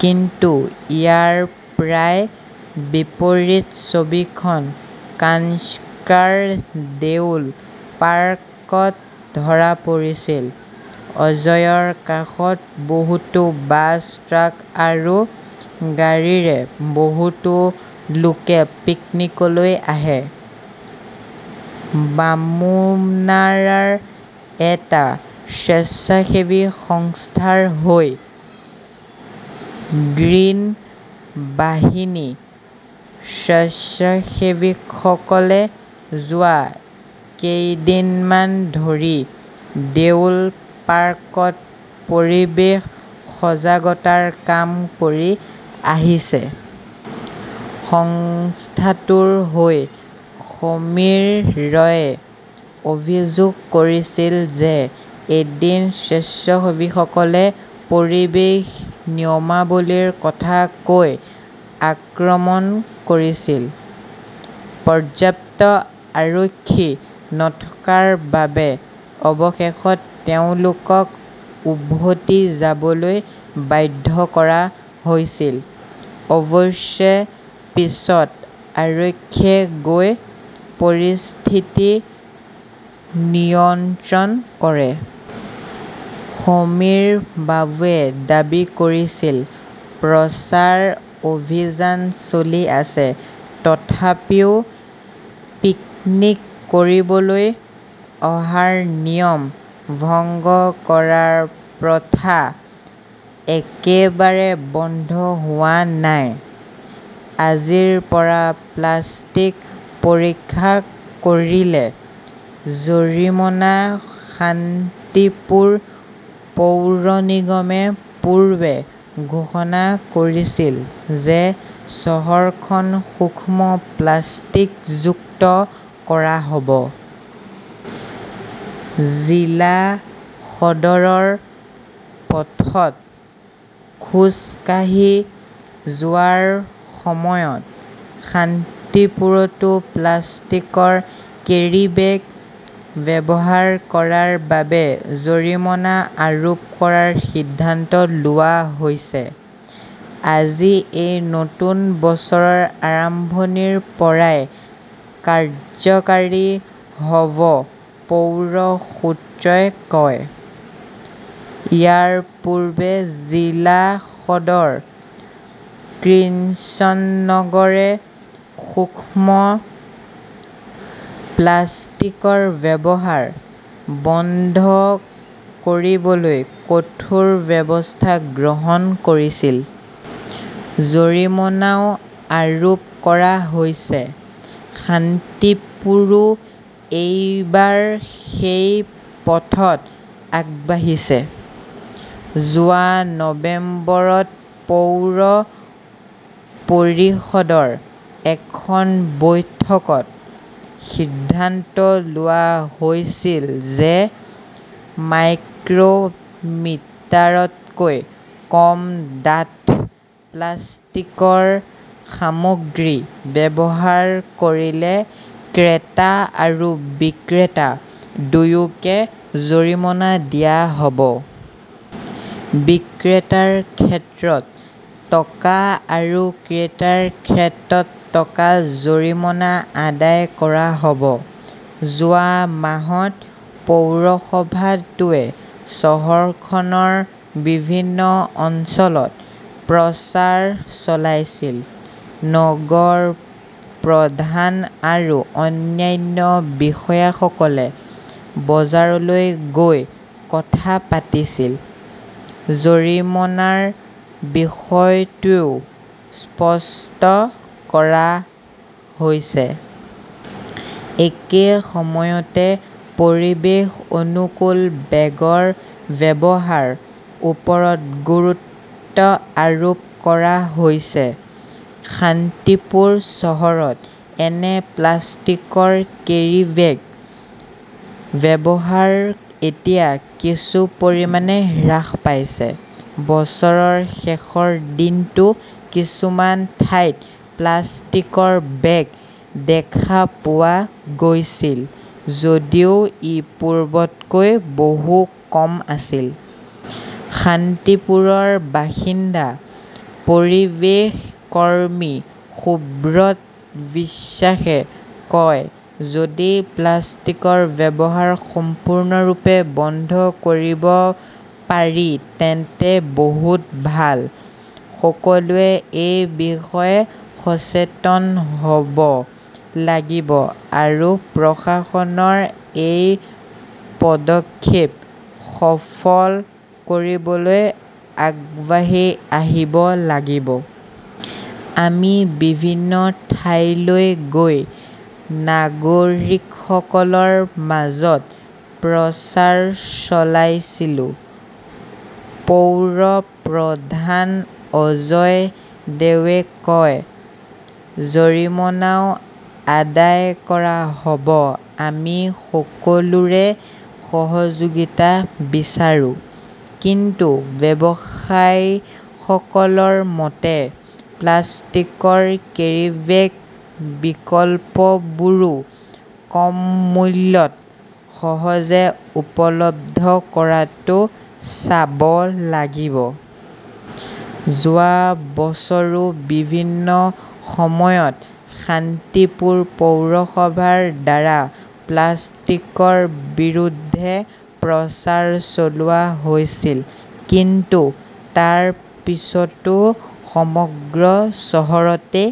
কিন্তু ইয়াৰ প্ৰায় বিপৰীত ছবিখন কানক্সাৰ দেউল পাৰ্কত ধৰা পৰিছিল। অজয়ৰ কাষত বহুতো বাছ, ট্ৰাক আৰু গাড়ীৰে বহুতো লোকে পিকনীলৈ আহে। বামুনাৰাৰ এটা স্বেচ্ছাসেৱী সংস্থাৰ হৈ 'গ্ৰীণ বাহিনী "ৰ স্বেচ্ছাসেৱকসকলে যোৱা কেইদিনমান ধৰি দেউল পাৰ্কত পৰিৱেশ সজাগতাৰ কাম কৰি আহিছে। সংস্থাটোৰ হৈ সমীৰ ৰয়ে অভিযোগ কৰিছিল যে এদিন স্বেচ্ছাসেৱকসকলে পৰিৱেশ নিয়মাৱলীৰ কথা কৈ আক্ৰমণ কৰিছিল। পৰ্যাপ্ত আৰক্ষী নথকাৰ বাবে অৱশেষত তেওঁলোকক উভতি যাবলৈ বাধ্য কৰা হৈছিল। অৱশ্যে পিছত আৰক্ষীয়ে গৈ পৰিস্থিতি নিয়ন্ত্ৰণ কৰে। সমীৰ বাবুৱে দাবী কৰিছিল, "প্ৰচাৰ অভিযান চলি আছে। তথাপিও, পিকনিক কৰিবলৈ অহাৰ নিয়ম ভংগ কৰাৰ প্ৰথা একেবাৰে বন্ধ হোৱা নাই। "। আজিৰ পৰা প্লাষ্টিক পৰীক্ষা কৰিলে জৰিমনা শান্তিপুৰ পৌৰ নিগমে পূৰ্বে ঘোষণা কৰিছিল যে চহৰখন সূক্ষ্ম প্লাষ্টিক মুক্ত কৰা হ 'ব। জিলা সদৰৰ পথত খোজ কাঢ়ি যোৱাৰ সময়ত শান্তিপুৰতো প্লাষ্টিকৰ কেৰীবেগ ব্যৱহাৰ কৰাৰ বাবে জৰিমনা আৰোপ কৰাৰ সিদ্ধান্ত লোৱা হৈছে। আজি, ই নতুন বছৰৰ আৰম্ভণিৰ পৰাই কাৰ্যকৰী হ 'ব, পৌৰ সূত্ৰই কয়। ইয়াৰ পূৰ্বে জিলা সদৰ কৃষ্ণনগৰে সূক্ষ্ম প্লাষ্টিকৰ ব্যৱহাৰ বন্ধ কৰিবলৈ কঠোৰ ব্যৱস্থা গ্ৰহণ কৰিছিল। জৰিমনাও আৰোপ কৰা হৈছে। শান্তিপুৰো এইবাৰ সেই পথত আগবাঢ়িছে। যোৱা নৱেম্বৰত পৌৰ পৰিষদৰ এখন বৈঠকত সিদ্ধান্ত লোৱা হৈছিল যে মাইক্ৰ "মিটাৰতকৈ কম ডাঠ প্লাষ্টিকৰ সামগ্ৰী ব্যৱহাৰ কৰিলে ক্ৰেতা আৰু বিক্ৰেতা দুয়োকে জৰিমনা দিয়া হ" ব। বিক্ৰেতাৰ ক্ষেত্ৰত টকা আৰু ক্ৰেতাৰ ক্ষেত্ৰত টকা জৰিমনা আদায় কৰা হ "ব। যোৱা মাহত পৌৰসভাটোৱে চহৰখনৰ বিভিন্ন অঞ্চলত প্ৰচাৰ চলাইছিল। নগৰ প্ৰধান আৰু অন্যান্য বিষয়াসকলে বজাৰলৈ গৈ কথা পাতিছিল। জৰিমনাৰ বিষয়টোও স্পষ্ট কৰা হৈছে। একে সময়তে, পৰিৱেশ-অনুকূল বেগৰ ব্যৱহাৰৰ ওপৰত গুৰুত্ব আৰোপ কৰা হৈছে। শান্তিপুৰ চহৰত এনে প্লাষ্টিকৰ কেৰিব্যাগৰ ব্যৱহাৰ এতিয়া কিছু পৰিমাণে হ্ৰাস পাইছে। বছৰৰ শেষৰ দিনটোত কিছুমান ঠাইত প্লাষ্টিকৰ বেগ দেখা পোৱা গৈছিল যদিও ই পূৰ্বতকৈ বহু কম আছিল। শান্তিপুৰৰ বাসিন্দা পৰিৱেশ কৰ্মী সুব্ৰত বিশ্বাসে কয়, "যদি প্লাষ্টিকৰ ব্যৱহাৰ সম্পূৰ্ণৰূপে বন্ধ কৰিব পাৰি তেন্তে বহুত ভাল। সকলোৱে এই বিষয়ে সচেতন হ "ব লাগিব আৰু প্ৰশাসনৰ এই পদক্ষেপ সফল কৰিবলৈ আগবাঢ়ি আহিব লাগিব। "আমি বিভিন্ন ঠাইলৈ গৈ নাগৰিকসকলৰ মাজত প্ৰচাৰ চলাইছিলো", পৌৰ প্ৰধান অজয় দেয়ে কয়। জৰিমনাও আদায় কৰা হ "ব। আমি সকলোৰে সহযোগিতা বিচাৰো। "কিন্তু ব্যৱসায়ীসকলৰ মতে, প্লাষ্টিকৰ কেৰিব্যাগৰ বিকল্পবোৰো কম মূল্যত সহজে উপলব্ধ কৰাটো চাব লাগিব। যোৱা বছৰো বিভিন্ন সময়ত শান্তিপুৰ পৌৰসভাৰ দ্বাৰা প্লাষ্টিকৰ বিৰুদ্ধে প্ৰচাৰ চলোৱা হৈছিল। কিন্তু তাৰ পিছতো সমগ্ৰ চহৰতে